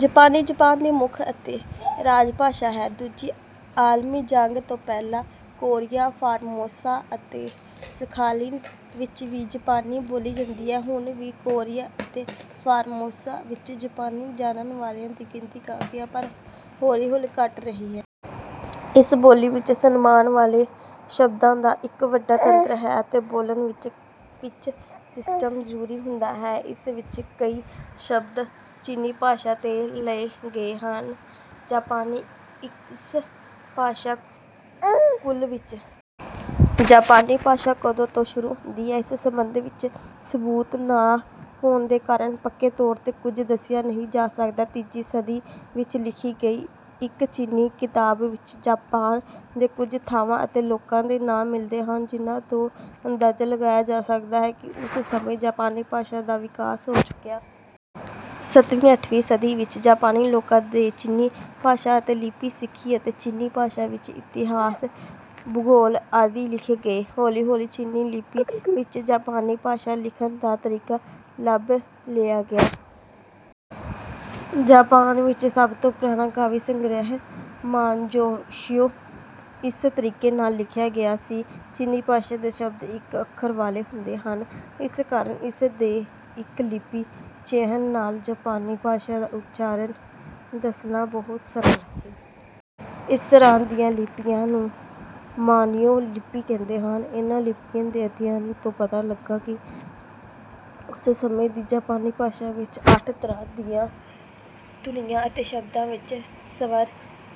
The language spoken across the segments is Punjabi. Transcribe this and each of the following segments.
ਜਪਾਨੀ ਜਪਾਨ ਦੀ ਮੁੱਖ ਅਤੇ ਰਾਜਭਾਸ਼ਾ ਹੈ। ਦੂਜੀ ਆਲਮੀ ਜੰਗ ਤੋਂ ਪਹਿਲਾਂ ਕੋਰੀਆ, ਫਾਰਮੋਸਾ ਅਤੇ ਸਖਾਲਿਨ ਵਿੱਚ ਵੀ ਜਪਾਨੀ ਬੋਲੀ ਜਾਂਦੀ ਸੀ। ਹੁਣ ਵੀ ਕੋਰੀਆ ਅਤੇ ਫਾਰਮੋਸਾ ਵਿੱਚ ਜਪਾਨੀ ਜਾਨਣ ਵਾਲਿਆਂ ਦੀ ਗਿਣਤੀ ਕਾਫ਼ੀ ਹੈ ਪਰ ਹੌਲੀ-ਹੌਲੀ ਘੱਟ ਰਹੀ ਹੈ। ਇਸ ਬੋਲੀ ਵਿੱਚ ਸਨਮਾਨ ਵਾਲੇ ਸ਼ਬਦਾਂ ਦਾ ਇੱਕ ਵੱਡਾ ਤੰਤਰ ਹੈ ਅਤੇ ਬੋਲਣ ਵਿੱਚ ਪਿਚ-ਸਿਸਟਮ ਜ਼ਰੂਰੀ ਹੁੰਦਾ ਹੈ। ਇਸ ਵਿੱਚ ਕਈ ਸ਼ਬਦ ਚੀਨੀ ਭਾਸ਼ਾ ਤੋਂ ਲਏ ਗਏ ਹਨ। ਜਾਪਾਨੀ ਕਿਸ ਭਾਸ਼ਾ ਕੁਲ ਵਿੱਚ ਜਾਪਾਨੀ ਭਾਸ਼ਾ ਕਦੋਂ ਤੋਂ ਸ਼ੁਰੂ ਹੁੰਦੀ ਹੈ ਇਸ ਸਬੰਧ ਵਿੱਚ ਸਬੂਤ ਨਾ ਹੋਣ ਦੇ ਕਾਰਨ ਪੱਕੇ ਤੌਰ ਤੇ ਕੁੱਝ ਦੱਸਿਆ ਨਹੀਂ ਜਾ ਸਕਦਾ। ਤੀਜੀ ਸਦੀ ਵਿੱਚ ਲਿਖੀ ਗਈ ਇੱਕ ਚੀਨੀ ਕਿਤਾਬ ਵਿੱਚ ਜਾਪਾਨ ਦੇ ਕੁੱਝ ਥਾਵਾਂ ਅਤੇ ਲੋਕਾਂ ਦੇ ਨਾਮ ਮਿਲਦੇ ਹਨ ਜਿਹਨਾਂ ਤੋਂ ਅੰਦਾਜ਼ਾ ਲਗਾਇਆ ਜਾ ਸਕਦਾ ਹੈ ਕਿ ਉਸ ਸਮੇਂ ਜਾਪਾਨੀ ਭਾਸ਼ਾ ਦਾ ਵਿਕਾਸ ਹੋ ਚੁੱਕਿਆ ਸੀ। ਸੱਤਵੀਂ ਅੱਠਵੀਂ ਸਦੀ ਵਿੱਚ ਜਾਪਾਨੀ ਲੋਕਾਂ ਨੇ ਚੀਨੀ ਭਾਸ਼ਾ ਅਤੇ ਲਿਪੀ ਸਿੱਖੀ ਅਤੇ ਚੀਨੀ ਭਾਸ਼ਾ ਵਿੱਚ ਇਤਹਾਸ, ਭੂਗੋਲ ਆਦਿ ਲਿਖੇ ਗਏ। ਹੌਲੀ-ਹੌਲੀ ਚੀਨੀ ਲਿਪੀ ਵਿੱਚ ਜਾਪਾਨੀ ਭਾਸ਼ਾ ਲਿਖਣ ਦਾ ਤਰੀਕਾ ਲੱਭ ਲਿਆ ਗਿਆ। ਜਾਪਾਨ ਵਿੱਚ ਸਭ ਤੋਂ ਪੁਰਾਣਾ ਕਾਵਿ-ਸੰਗ੍ਰਿਹ ਮਾਨਯੋਸ਼ਿਊ ਇਸ ਤਰੀਕੇ ਨਾਲ ਲਿਖਿਆ ਗਿਆ ਸੀ। ਚੀਨੀ ਭਾਸ਼ਾ ਦੇ ਸ਼ਬਦ ਇੱਕ ਅੱਖਰ ਵਾਲੇ ਹੁੰਦੇ ਹਨ। ਇਸ ਕਾਰਨ ਉਸ ਦੇ ਇੱਕ ਲਿਪੀ ਚਿਹਨ ਨਾਲ ਜਾਪਾਨੀ ਭਾਸ਼ਾ ਦਾ ਉੱਚਾਰਣ ਦੱਸਣਾ ਬਹੁਤ ਸਰਲ ਸੀ। ਇਸ ਤਰ੍ਹਾਂ ਦੀਆਂ ਲਿਪੀਆਂ ਨੂੰ ਮਾਨਿਯੋ ਲਿਪੀ ਕਹਿੰਦੇ ਹਨ। ਇਨ੍ਹਾਂ ਲਿਪੀਆਂ ਦੇ ਅਧਿਅਨ ਤੋਂ ਪਤਾ ਲੱਗਾ ਹੈ ਕਿ ਉਸ ਸਮੇਂ ਦੀ ਜਾਪਾਨੀ ਭਾਸ਼ਾ ਵਿੱਚ ਅੱਠ ਤਰ੍ਹਾਂ ਦੀਆਂ ਧੁਨੀਆਂ ਅਤੇ ਸ਼ਬਦਾਂ ਵਿੱਚ ਸਵਰ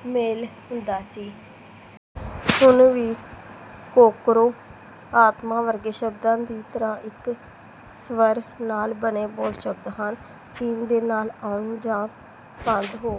ਮੇਲ ਹੁੰਦਾ ਸੀ। ਹੁਣ ਵੀ ਕੋਕੋਰੋ, ਅਤਾਮਾ ਵਰਗੇ ਸ਼ਬਦਾਂ ਦੀ ਤਰ੍ਹਾਂ ਇੱਕ ਹੀ ਸਵਰ ਨਾਲ ਬਣੇ ਬਹੁਤ ਸ਼ਬਦ ਹਨ। ਚੀਨ ਦੇ ਨਾਲ ਆਉਣ ਜਾਣ ਬੰਦ ਹੋ